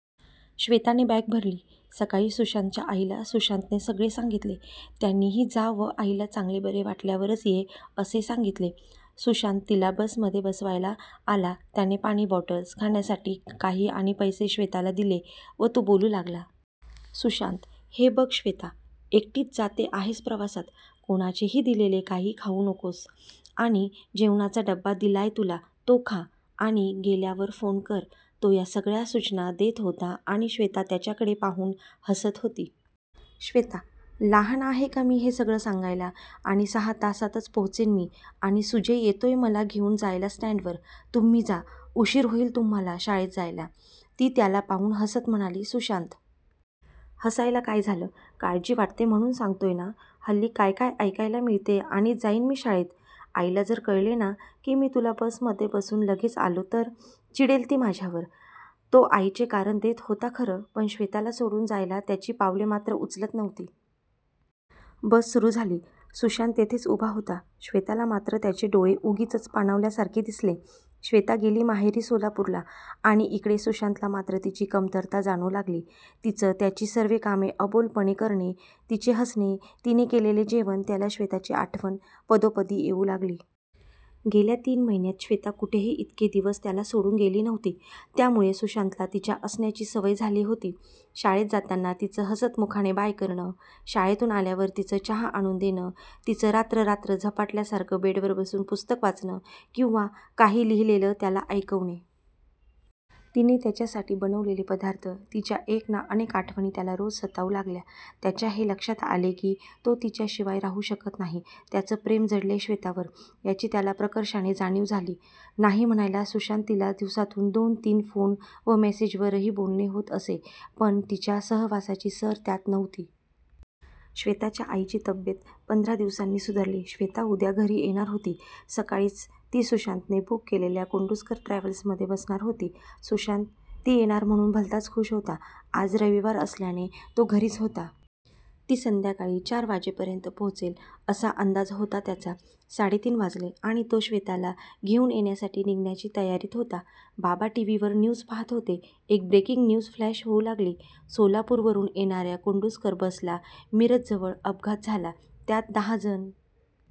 श्वेताने bag भरली. सकाळी सुशांतच्या आईला सुशांतने सगळे सांगितले. त्यांनीही जा व आईला चांगले बरे वाटल्यावरच ये असे सांगितले. सुशांत तिला बसमध्ये बसवायला आला, त्याने पाणी बॉटल्स, खाण्यासाठी काही आणि पैसे श्वेताला दिले व तो बोलू लागला. सुशांत, हे बघ श्वेता, एकटीच जाते आहेस प्रवासात, कोणाचेही दिलेले काही खाऊ नकोस आणि जेवणाचा डबा दिलाय तुला तो खा आणि गेल्यावर फोन कर, तो या सगळ्या सूचना देत होता आणि श्वेता त्याच्याकडे पाहून हसत होती. श्वेता, लहान आहे का मी हे सगळं सांगायला, आणि सहा तासांत पोहोचेन मी आणि सुजय येतोय मला घेऊन जायला स्टँडवर, तुम्ही जा, उशीर होईल तुम्हाला शाळेत जायला. ती त्याला पाहून हसत म्हणाली. सुशांत, हसायला काय झालं, काळजी वाटते म्हणून सांगतोय ना, हल्ली काय काय ऐकायला मिळतेय, आणि जाईन मी शाळेत, आईला जर कळले ना की मी तुला बसमध्ये बसवून लगेच आलो तर चिडेल ती माझ्यावर, तो आईचे कारण देत होता खरं, पण श्वेताला सोडून जायला त्याची पावले मात्र उचलत नव्हती. बस सुरू झाली. सुशांत तिथेच उभा होता. श्वेताला मात्र त्याचे डोळे उगीचच पाणावल्यासारखे दिसले. श्वेता गेली माहेरी सोलापूरला आणि इकडे सुशांतला मात्र तिची कमतरता जाणवू लागली. तिचं त्याची सर्व कामे अबोलपणे करणे, तिचे हसणे, तिने केलेले जेवण त्याला श्वेताची आठवण पदोपदी येऊ लागली. गेल्या तीन महिन्यांत श्वेता कुठेही इतके दिवस त्याला सोडून गेली नव्हती. त्यामुळे सुशांतला तिच्या असण्याची सवय झाली होती. शाळेत जाताना तिचं हसतमुखाने बाय करणं. शाळेतून आल्यावर तिचं चहा आणून देणं. तिचं रात्र रात्र झपाटल्यासारखं बेडवर बसून पुस्तक वाचन किंवा काही लिहिलेलं त्याला ऐकवणे. तिने त्याच्यासाठी बनवलेले पदार्थ, तिच्या एक ना अनेक आठवणी त्याला रोज सतावू लागल्या. त्याच्या हे लक्षात आले की तो तिच्याशिवाय राहू शकत नाही. त्याचं प्रेम जडलंय श्वेतावर याची त्याला प्रकर्षाने जाणीव झाली. नाही म्हणायला सुशांत तिला दिवसातून दोन-तीन फोन व मेसेजवरही बोलणे होत असे पण तिच्या सहवासाची सर त्यात नव्हती. श्वेताच्या आईची तब्येत पंधरा दिवसांनी सुधारली. श्वेता उद्या घरी येणार होती. सकाळीच ती सुशांतने बुक केलेल्या कोंडूस्कर ट्रॅव्हल्समध्ये बसणार होती. सुशांत ती येणार म्हणून भलताच खूष होता. आज रविवार असल्याने तो घरीच होता. ती संध्याकाळी चार वाजेपर्यंत पोहोचेल असा अंदाज होता त्याचा; साडेतीन वाजले आणि तो श्वेताला घेऊन येण्यासाठी निघण्याच्या तयारीत होता. बाबा टीव्हीवर न्यूज पाहत होते. एक ब्रेकिंग न्यूज फ्लॅश होऊ लागली. सोलापूरवरून येणाऱ्या कोंडूस्कर बसला मिरजजवळ अपघात झाला. त्यात दहा जण